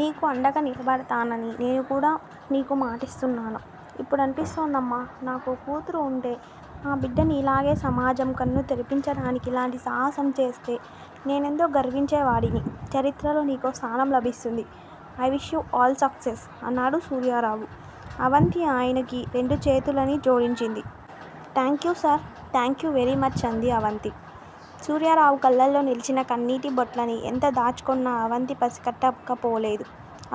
నీకు అండగా నిలబడతానని నేనుకూడా నీకు మాటిస్తున్నాను. ఇప్పుడనిపిస్తోందమ్మా. నాకో కూతురు వుంటే, ఆ బిడ్డ నీలాగే సమాజం కన్ను తెరిపించడానికిలాంటి సాహసం చేస్తే నేనెంతో గర్వించేవాడిని. చరిత్రలో నీకో స్థానం లభిస్తుంది. I wish you all success అన్నాడు సూర్యారావు. అవంతి ఆయనకి రెండు చేతులనీ జోడించింది. Thank you sir. థాంక్యూ వేరీమచ్ అంది అవంతి. సూర్యారావు కళ్ళలో నిలచిన కన్నీటి బొట్లని ఎంత దాచుకొన్నా అవంతి పసికట్టకపోలేదు.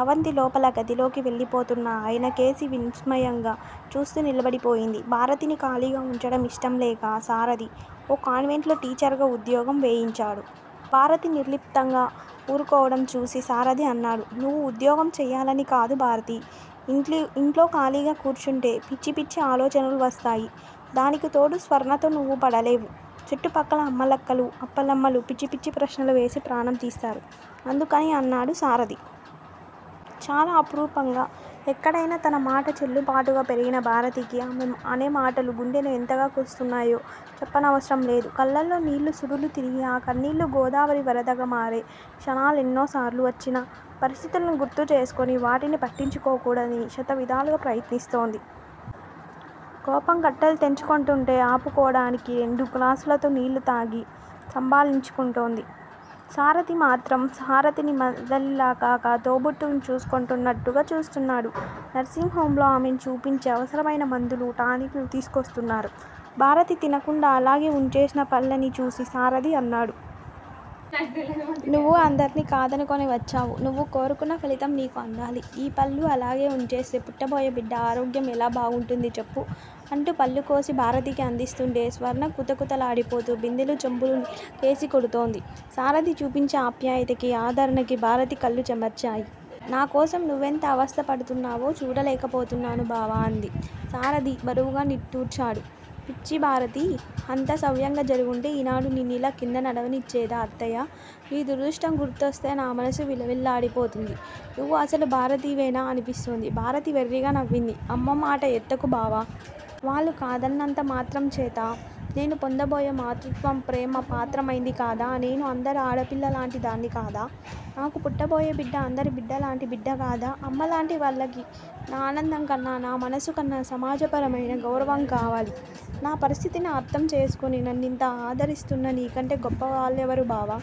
అవంతి లోపల గదిలోకి వెళ్ళిపోతున్న ఆయనకేసి విస్మయంగా చూస్తూ నిలబడిపోయింది. భారతిని ఖాళీగా వుంచడం ఇష్టంలేక సారధి ఓ కాన్వెంట్ లో టీచర్ గా ఉద్యోగం వేయించాడు. భారతి నిర్లిప్తంగా వూరుకోవడం చూసి సారధి అన్నాడు. నువ్వు ఉద్యోగం చెయ్యాలని కాదు భారతీ! ఇంట్లో ఖాళీగా కూర్చుంటే పిచ్చిపిచ్చి ఆలోచనలు వస్తాయి. దానికితోడు స్వర్ణతో నువ్వు పడలేవు, చుట్టుపక్కల అమ్మలక్కలు, అప్పలమ్మలు పిచ్చి పిచ్చి ప్రశ్నలు వేసి ప్రాణం తీస్తారు. అందుకని అన్నాడు సారధి. చాలా అపురూపంగా, ఎక్కడయినా తన మాట చెల్లుబాటుగా పెరిగిన భారతికి ఆమె అనే మాటలు గుండెని ఎంతగా కోస్తున్నాయో చెప్పనవసరం లేదు. కళ్ళలో నీళ్ళు సుడులు తిరిగి ఆ కన్నీళ్ళు గోదావరి వరదగా మారే క్షణాలెన్నోసార్లు వచ్చినా, పరిస్థితులని గుర్తుచేసుకొని వాటిని పట్టించుకోకూడని శతవిధాలుగా ప్రయత్నిస్తోంది. కోపం కట్టలు తెంచుకొంటుంటే ఆపుకోడానికి రెండు గ్లాసులతో నీళ్ళు తాగి సంభాళించుకుంటోంది. సారథి మాత్రం సారథిని మరదలిలాకాక తోబుట్టువుని చూసుకొంటున్నట్టుగా చూస్తున్నాడు. నర్శింగ్ హోమ్ లో ఆమెని చూపించి అవసరమైన మందులు, టానిక్కులు తీసుకొస్తున్నారు. భారతి తినకుండా అలాగే వుంచేసిన పళ్ళని చూసి సారధి అన్నాడు. నువ్వు అందర్నీ కాదనుకుని వచ్చావు. నవ్వు కోరుకున్న ఫలితం నీకు అందాలి. ఈ పళ్ళు అలాగే వుంచేస్తే పుట్టబోయే బిడ్డ ఆరోగ్యం ఎలా బాగుంటుంది చెప్పు అంటూ పళ్ళుకోసి భారతికి అందిస్తుంటే స్వర్ణ కుతకుతలాడిపోతూ బిందెలూ చెంబులూ కేసి కొడుతోంది. సారధి చూపించే ఆప్యాయతకీ, ఆదరణకీ భారతి కళ్ళు చెమర్చాయి. నాకోసం నువ్వెంత అవస్థపడుతున్నావో చూడలేకపోతున్నాను బావ! అంది. సారధి బరువుగా నిట్టూర్చాడు. పిచ్చి భారతీ, అంతా సవ్యంగా జరిగివుంటే ఈనాడు నిన్నిలా కిందనడవనిచ్చేదా అత్తయ్య? నీ దురదృష్టం గుర్తుకొస్తే నా మనసు విలవిల్లాడిపోతుంది. నువ్వు అసలు భారతివేనా? అనిపిస్తోంది! భారతి వెర్రిగా నవ్వింది. అమ్మ మాట ఎత్తకు బావా! వాళ్ళు కాదన్నంతమాత్రంచేత నేను పొందబోయే మాతృత్వం ప్రేమ పాత్రమైందికాదా? నేను అందరి ఆడపిల్లలలాంటి దాన్ని కాదా? నాకు పుట్టబోయే బిడ్డ అందరి బిడ్డలాంటి బిడ్డ కాదా? అమ్మలాంటి వాళ్ళకి నా ఆనందం కన్నా, నా మనసుకన్నా సమాజపరమైన గౌరవం కావాలి! నా పరిస్థితిని అర్థం చేసుకుని నన్నింత ఆదరిస్తున్న నీకంటే గొప్పవాళ్ళెవరు బావా!